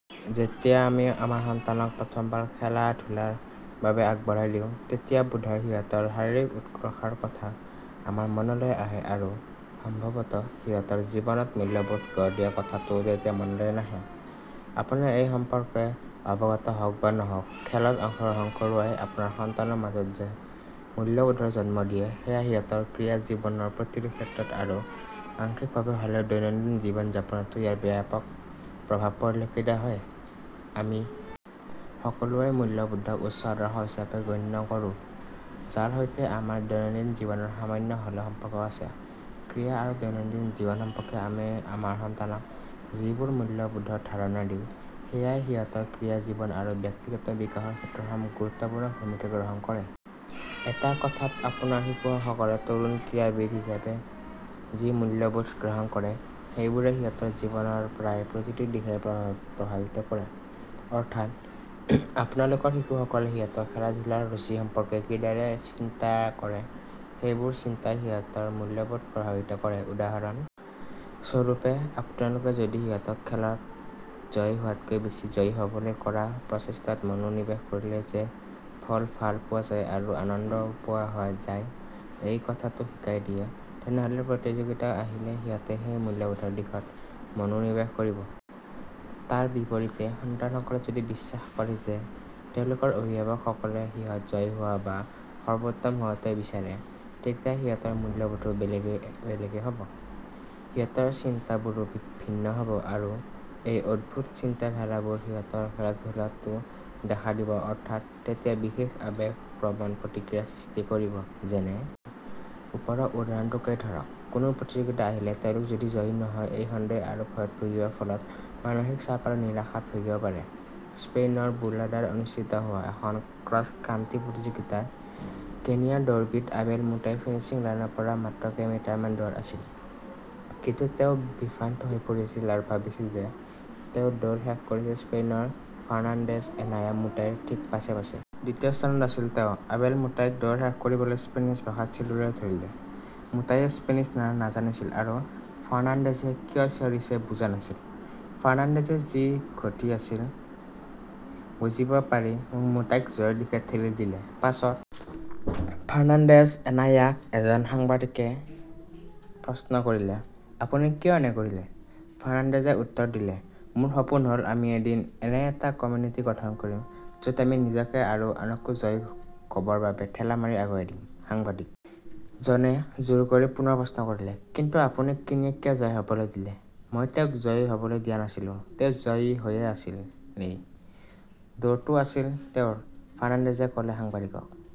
যেতিয়া আমি আমাৰ সন্তানক প্ৰথম বাৰ খেলা ধূলাৰ বাবে আগবঢ়াই দিওঁ, তেতিয়া বোধহয় সিহঁতৰ শাৰীৰিক উৎকৰ্ষৰ কথাই আমাৰ মনলৈ আহে আৰু সম্ভবতঃ সিহঁতৰ জীৱনত মূল্যবোধ গঢ় দিয়া কথাটো তেতিয়া মনলৈ নাহে। আপুনি এই সম্পৰ্কে অৱগত হওক বা নহওক খেলাত অংশগ্ৰহণ কৰোৱাই আপোনাৰ সন্তানৰ মাজত যে মূল্যবোধৰ জন্ম দিয়ে, সেয়া সিহঁতৰ ক্ৰীড়া জীৱনৰ প্ৰতিটো ক্ষেত্ৰত আৰু আংশিক ভাবে হ'লেও দৈনন্দিন জীৱন যাপনতো ইয়াৰ ব্যাপক প্ৰভাৱ পৰিলক্ষিত হয়। আমি সকলোৱেই মূল্যবোধক উচ্চ আদৰ্শ হিচাপে গণ্য কৰোঁ। যাৰ সৈতে আমাৰ দৈনন্দিন জীৱনৰ সামান্য হলেও সম্পৰ্ক আছে। ক্ৰীড়া আৰু দৈনন্দিন জীৱন সম্পৰ্কে আমি আমাৰ সন্তানক যিবোৰ মূল্যবোধৰ ধাৰণা দিওঁ, সেয়াই সিহঁতৰ ক্ৰীড়াৰ জীৱন আৰু ব্যক্তিগত বিকাশৰ ক্ষেত্ৰত গুৰুত্বপূৰ্ণ ভুমিকা গ্ৰহণ কৰে। এক কথাত আপোনাৰ শিশু সকলে তৰুণ ক্ৰীড়া বিদ হিচাপে যি মূল্যবোধ গ্ৰহণ কৰে, সেইবোৰে সিহঁতৰ জীৱনৰ প্ৰায় প্ৰতিটো দিশেই প্ৰভাবিত কৰে। অৰ্থাৎ আপোনালোকৰ শিশু সকলে সিহঁতৰ খেলাধূলাৰ ৰুচি সম্পৰ্কে কিদৰে চিন্তা কৰে সেইবোৰ চিন্তাই সিহঁতৰ মূল্যবোধ প্ৰভাবিত কৰে। উদাহৰণ স্বৰূপে আপোনালোকে যদি সিহঁতক খেলত জয়ী হোৱাতকৈ বেছি জয়ী হ'বলৈ কৰা প্ৰচেষ্টাত মনোনিবেশ কৰিলে যে ফল ভাল পোৱা যায় আৰু আনন্দও পোৱা যায়, এই কথাটো শিকাই দিয়ে, তেনেহলে প্ৰতিযোগিতা আহিলেই সিহঁতে সেই মূল্যবোধৰ দিশত মনোনিবেশ কৰিব। তাৰ বিপৰীতে সন্তান সকলে যদি বিশ্বাস কৰে যে তেওঁলোকৰ অভিভাৱক সকলে সিহঁত জয়ী হোৱা বা সৰ্ব্বোত্তম হোৱাটোৱেই বিচাৰে, তেতিয়া সিহঁতৰ মূল্যবোধও বেলেগে হ'ব। সিহঁতৰ চিন্তা বোৰো ভিন্ন হব। আৰু এই অদ্ভুত চিন্তা ধাৰা বোৰ সিহঁতৰ খেলাধূলাটো দেখা দিব অৰ্থাৎ তেতিয়া বিশেষ আবেগ প্ৰবন প্ৰতিক্ৰিয়াৰ সৃষ্টি কৰিব। যেনে ওপৰৰ উদাহৰণটোতেই ধৰক, কোনো প্ৰতিযোগিতা আহিলে তেওঁলোক যদি জয়ী নহয় এই সন্দেহ আৰু ভয়ত ভুগিব ফলত মানসিক চাপ আৰু নিৰাশাত ভুগিব পাৰে। স্পেইনৰ বুৰলাডাত অনুষ্ঠিত হোৱা এখন ক্ৰচ কান্ত্ৰি প্ৰতিযোগিতাত কেনিয়াৰ দৌৰবিদ আবেল মুতাই ফিনিশ্বিং লাইনৰ পৰা মাত্ৰ কেইমিটাৰ মান দূৰত আছিল, কিন্তু তেওঁ বিভ্ৰান্ত হৈ পৰিছিল আৰু ভাবিছিল যে তেওঁ দৌৰ শেষ কৰিছে স্পেইনৰ ফাৰ্নাণ্ডেজ এনায়া মুতাইৰ থিক পাছে পাছে। দ্বিতীয় স্হানত আছিল তেওঁ। আবেল মুতাইক দৌৰ শেষ কৰিবলৈ স্পেনিছ ভাষাত চিঞৰিব ধৰিলে। মুতাইয়ে স্পেনিছ নাজানিছিল আৰু ফাৰ্নাণ্ডেজে কিয় চিঞৰিছে বুজা নাছিল। ফাৰ্নান্দেজে‌ যি ঘটি আছিল বুজিব পাৰি মুতাইক জয়ৰ দিশে ঠেলি দিলে। পাছত ফাৰ্নান্দেজ এনায়াক এজন সাংবাদিকে প্ৰশ্ন কৰিলে, আপুনি কিয় এনে কৰিলে। ফাৰ্নাণ্ডেজে উত্তৰ দিলে মোৰ সপোন হ'ল আমি এদিন এনে এটা কমিউনিটি গঠন কৰিম য'ত আমি নিজকে আৰু আনকো জয়ী হ'বৰ বাবে ঠেলা মাৰি আগুৱাই দিম। সাংবাদিক জনে জোৰ দি পুনৰ প্ৰশ্ন কৰিলে, কিন্তু আপুনি কেনিয়াক কিয় জয়ী হ'বলৈ দিলে? মই তেওঁক জয়ী হবলৈ দিয়া নাছিলো, তেওঁ জয়ী হৈ আছিলেই। দৌৰটো আছিল তেওঁৰ, ফাৰ্নাণ্ডেজে ক'লে সাংবাদিকক।